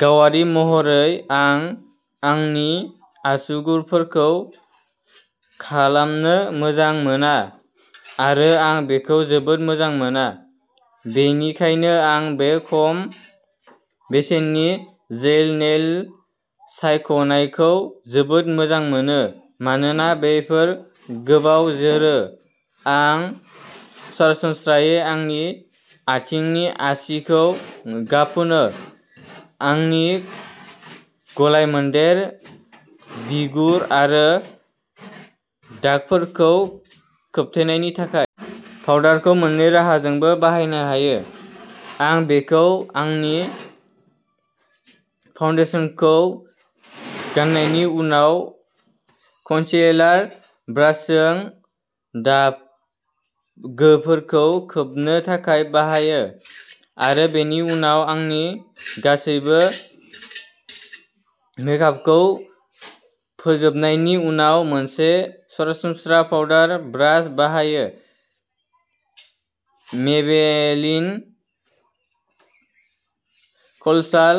गावारि महरै आं आंनि आसुगुरफोरखौ खालामनो मोजां मोना आरो आं बेखौ जोबोद मोजां मोना, बेनिखायनो आं बे खम बेसेननि जेल नेइल सायख'नायखौ जोबोद मोजां मोनो, मानोना बेफोर गोबाव जोरो। आं सरासनस्रायै आंनि आथिंनि आसिखौ गाब फुनो आंनि गलायमोन्देर बिगुर आरो दागफोरखौ खोबथेनायनि थाखाय। पाउडारखौ मोननै राहाजोंबो बाहायनो हायो। आं बेखौ आंनि फाउन्डेसनखौ गाननायनि उनाव कन्सिएलार ब्रासजों दागोफोरखौ खोबनो थाखाय बाहायो आरो बेनि उनाव आंनि गासैबो मेकआपखौ फोजोबनायनि उनाव मोनसे सरासनस्रा पाउडार ब्रास बाहायो। मेबेलिन कल'साल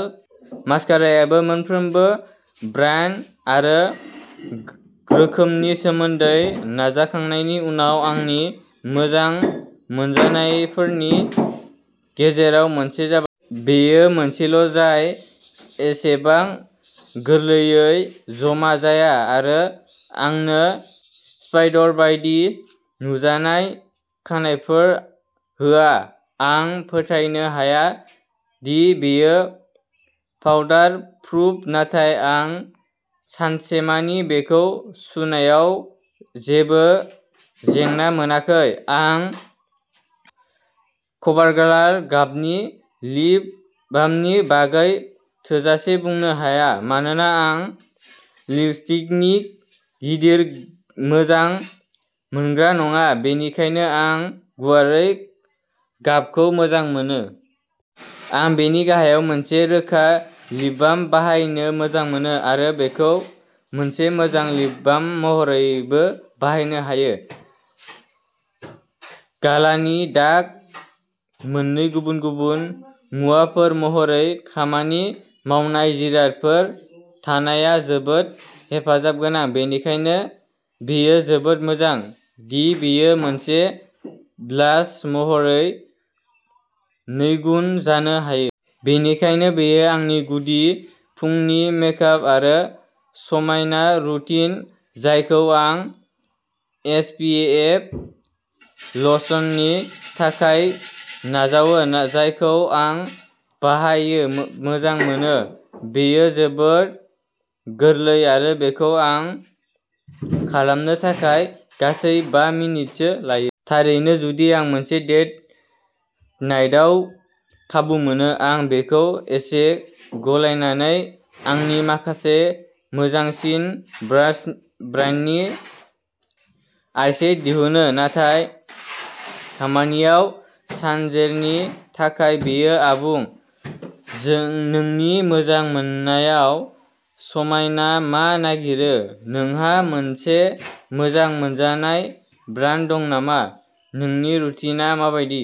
मास्काराआबो मोनफ्रोमबो ब्रान्ड आरो रोखोमनि सोमोन्दै नाजाखांनायनि उनाव आंनि मोजां मोनजानायफोरनि गेजेराव मोनसे जा। बेयो मोनसेल'जाय एसेबां गोरलैयै जमा जाया आरो आंनो स्पाइडर बायदि नुजानाय खानाइफोर होआ। आं फोथायनो हाया दि बेयो वाटार प्रुफ नाथाय आं सानसेमानि बेखौ सुनायाव जेबो जेंना मोनाखै। आं कभारगार्ल गाबनि लिप बामनि बागै थोजासे बुंनो हाया मानोना आं लिपस्टिकनि गिदिर मोजां मोनग्रा नङा, बेनिखायनो आं गुरै गाबखौ मोजां मोनो। आं बेनि गाहायाव मोनसे रोखा लिप बाम बाहायनो मोजां मोनो आरो बेखौ मोनसे मोजां लिप बाम महरैबो बाहायनो हायो। गालानि दाग। मोननै गुबुन-गुबुन मुवाफोर महरै खामानि मावनाय जिरादफोर थानाया जोबोद हेफाजाब गोनां, बेनिखायनो बेयो जोबोद मोजां दि बेयो मोनसे ब्लास महरै नैगुन जानो हायो। बेनिखायनो बेयो आंनि गुदि फुंनि मेकआप आरो समायना रुटिन, जायखौ आं एस. पि. एफ. लशननि थाखाय नाजावो, जायखौ आं बाहायनो मो-मोजां मोनो। बेयो जोबोद गोरलै आरो बेखौ आबुं खालामनो थाखाय गासै बा मिनिटसो लायो। थारैनो जुदि आं मोनसे डेट नाइटआव खाबु मोनो, आं बेखौ एसे गलायनानै आंनि माखासे मोजांसिन ब्रान्डनि आइ शेड' दिहुनो, नाथाय खामानियाव सानजेरनि थाखाय बेयो आबुं। नोंनि मोजां मोनजानाय समायनाया मा नागिरो? नोंहा मोनसे मोजां मोनजानाय ब्रान्ड दं नामा? नोंनि रुटिनआ मा बायदि?